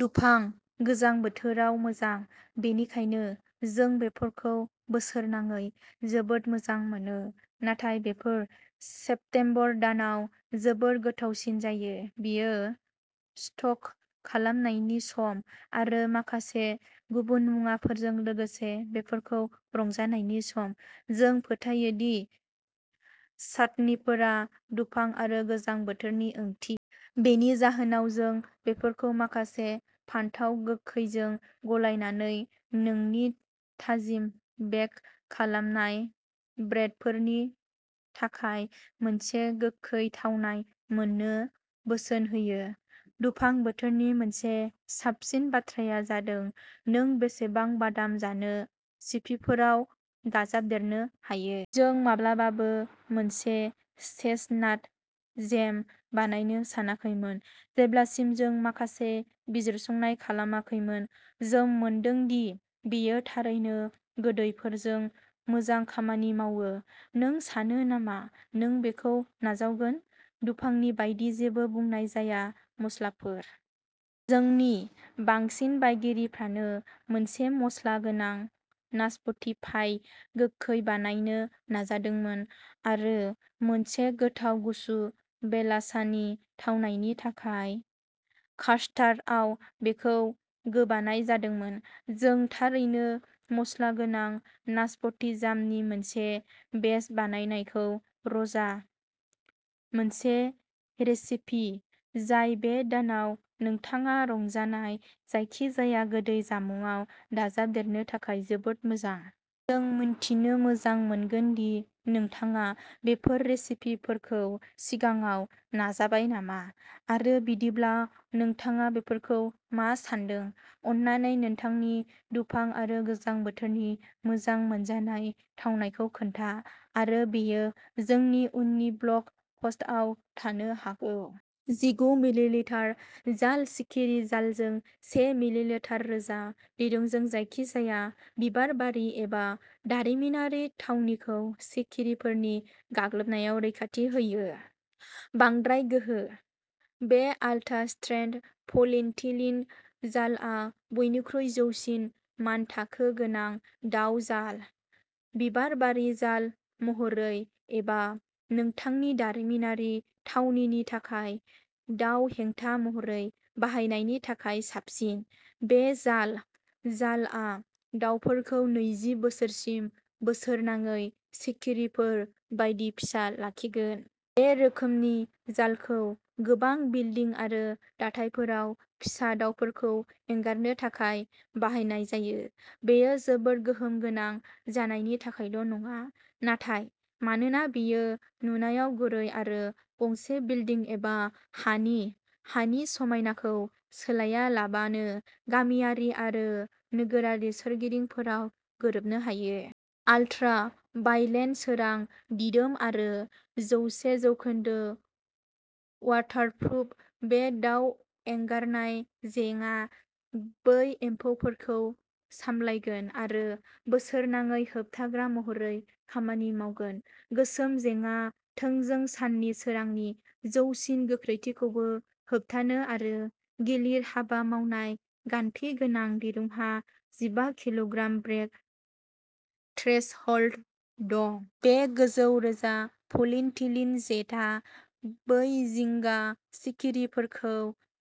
दुफां गोजां बोथोराव मोजां, बेनिखायनो जों बेफोरखौ बोसोरनाङै जोबोद मोजां मोनो, नाथाय बेफोर सेप्तेम्बर दानाव जोबोद गोथावसिन जायो। बेयो स्टक खालामनायनि सम आरो माखासे गुबुन मुवाफोरजों लोगोसे बेफोरखौ रंजानायनि सम। जों फोथायो दि चाटनिफोरा दुफां आरो गोजां बोथोरनि ओंथि। बेनि जाहोनाव जों बेफोरखौ माखासे फानथाव गोखैजों गलायनानै नोंनि थाजिम बेक खालामनाय ब्रेडफोरनि थाखाय मोनसे गोखै थावनाय मोननो बोसोन होयो। दुफां बोथोरनि मोनसे साबसिन बाथ्राया जादों नों बेसेबां बादाम जानो सिपिफोराव दाजाबदेरनो हायो। जों माब्लाबाबो मोनसे चेस्टनाट जेम बानायनो सानाखैमोन जेब्लासिम जों माखासे बिजिरसंनाय खालामाखैमोन। जों मोनदों दि बेयो थारैनो गोदैफोरजों मोजां खामानि मावो, नों सानो नामा नों बेखौ नाजावगोन? दुफांनि बायदि जेबो बुंनाय जाया, मस्लाफोर! जोंनि बांसिन बायगिरिफ्रानो मोनसे मस्ला गोनां नासपति पाइ/गोखै बानायनो नाजादोंमोन आरो मोनसे गोथाव गुसु बेलासानि थावनायनि थाखाय कास्टार्डआव बेखौ गोबानाय जादोंमोन। जों थारैनो। मस्ला गोनां नासपति जामनि मोनसे बेच बानायनायखौ रंजा, मोनसे रेसिपि जाय बे दानाव नोंथाङा रंजानाय जायखिजाया गोदै जामुंआव दाजाबदेरनो थाखाय जोबोद मोजां। जों मिथिनो मोजां मोनगोन दि नोंथाङा बेफोर रेसिपिफोरखौ सिगाङाव नाजाबाय नामा आरो बिदिब्ला नोंथाङा बेफोरखौ मा सान्दों? अन्नानै नोंथांनि दुफां आरो गोजां बोथोरनि मोजां मोनजानाय थावनायखौ खोन्था आरो बेयो जोंनि उननि ब्लग पस्टआव थानो हागौ। जिगु मिलिमिटार जाल सिखिरि जालजों से मिलिसिटार रोजा दिरुंजों जायखिजाया बिबारबारि एबा दारिमिनारि थावनिखौ सिखिरिफोरनि गाग्लोबनायनिफ्राय रैखाथि होयो। बांद्राय गोहो। बे आल्ट्रा-स्ट्रेंथ पलिइथिलिन जालआ बयनिख्रुइ जौसिन मानथाखो गोनां दाव जाल। बिबारबारि जाल महरै एबा नोंथांनि दारिमिनारि थावनिनि थाखाय दाव हेंथा महरै बाहायनायनि थाखाय साबसिन, बे जाल जालआ दावफोरखौ नैजि बोसोरसिम बोसोरनाङै सिखिरिफोर बायदि फिसा लाखिगोन। बे रोखोमनि जालखौ गोबां बिल्डिं आरो दाथायफोराव फिसा दावफोरखौ एंगारनो थाखाय बाहायनाय जायो। बेयो जोबोद गोहोम गोनां जानायनि थाखायल' नङा, नाथाय मानोना बेयो नुनायाव गुरै आरो गंसे बिल्डिं एबा हानि हानि समायनाखौ सोलायालाबानो गामियारि आरो नोगोरारि सोरगिदिंफोराव गोरोबनो हायो। आलट्रा भाइलेट सोरां दिदोम आरो जौसे जौखोन्दो वाटारप्रुफ, बे दाउ एंगारनाय जेङा बै एम्फौफोरखौ सामलायगोन आरो बोसोरनाङै होबथाग्रा महरै खामानि मावगोन। गोसोम जेङा थोंजों साननि सोरांनि जौसिन गोख्रोंथिखौबो होबथायो आरो गिलिर हाबा मावनाय गान्थि गोनां दिरुंहा जिबा किल'ग्राम ब्रेक थ्रेसहोल्ड दं। बे गोजौ रोजा पलिइथिलिन जेथाया बै जिंगा सिखिरिफोरखौ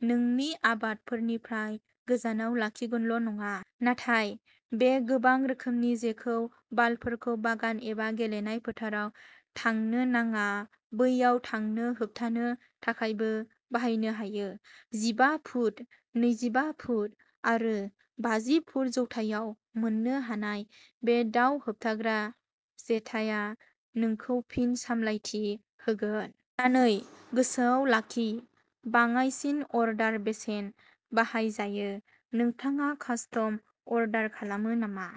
नोंनि आबादफोरनिफ्राय गोजानाव लाखिगोनल'नङा, नाथाय बे गोबां रोखोमनि जेखौ बालफोरखौ बागान एबा गेलेनाय फोथाराव थांनो नाङा बैयाव थांनो होबथानो थाखायबो बाहायनो हायो। जिबा फुट, नैजिबा फुट आरो बाजि फुट जौथायाव मोननो हानाय, बे दाउ होबथाग्रा जेथाया नोंखौ फिन सामलायथि होगोन। अन्नानै गोसोआव लाखिः बाङाइसिन अर्डार बेसेन बाहायजायो। नोंथाङा कास्टम अर्डार खालामो नामा?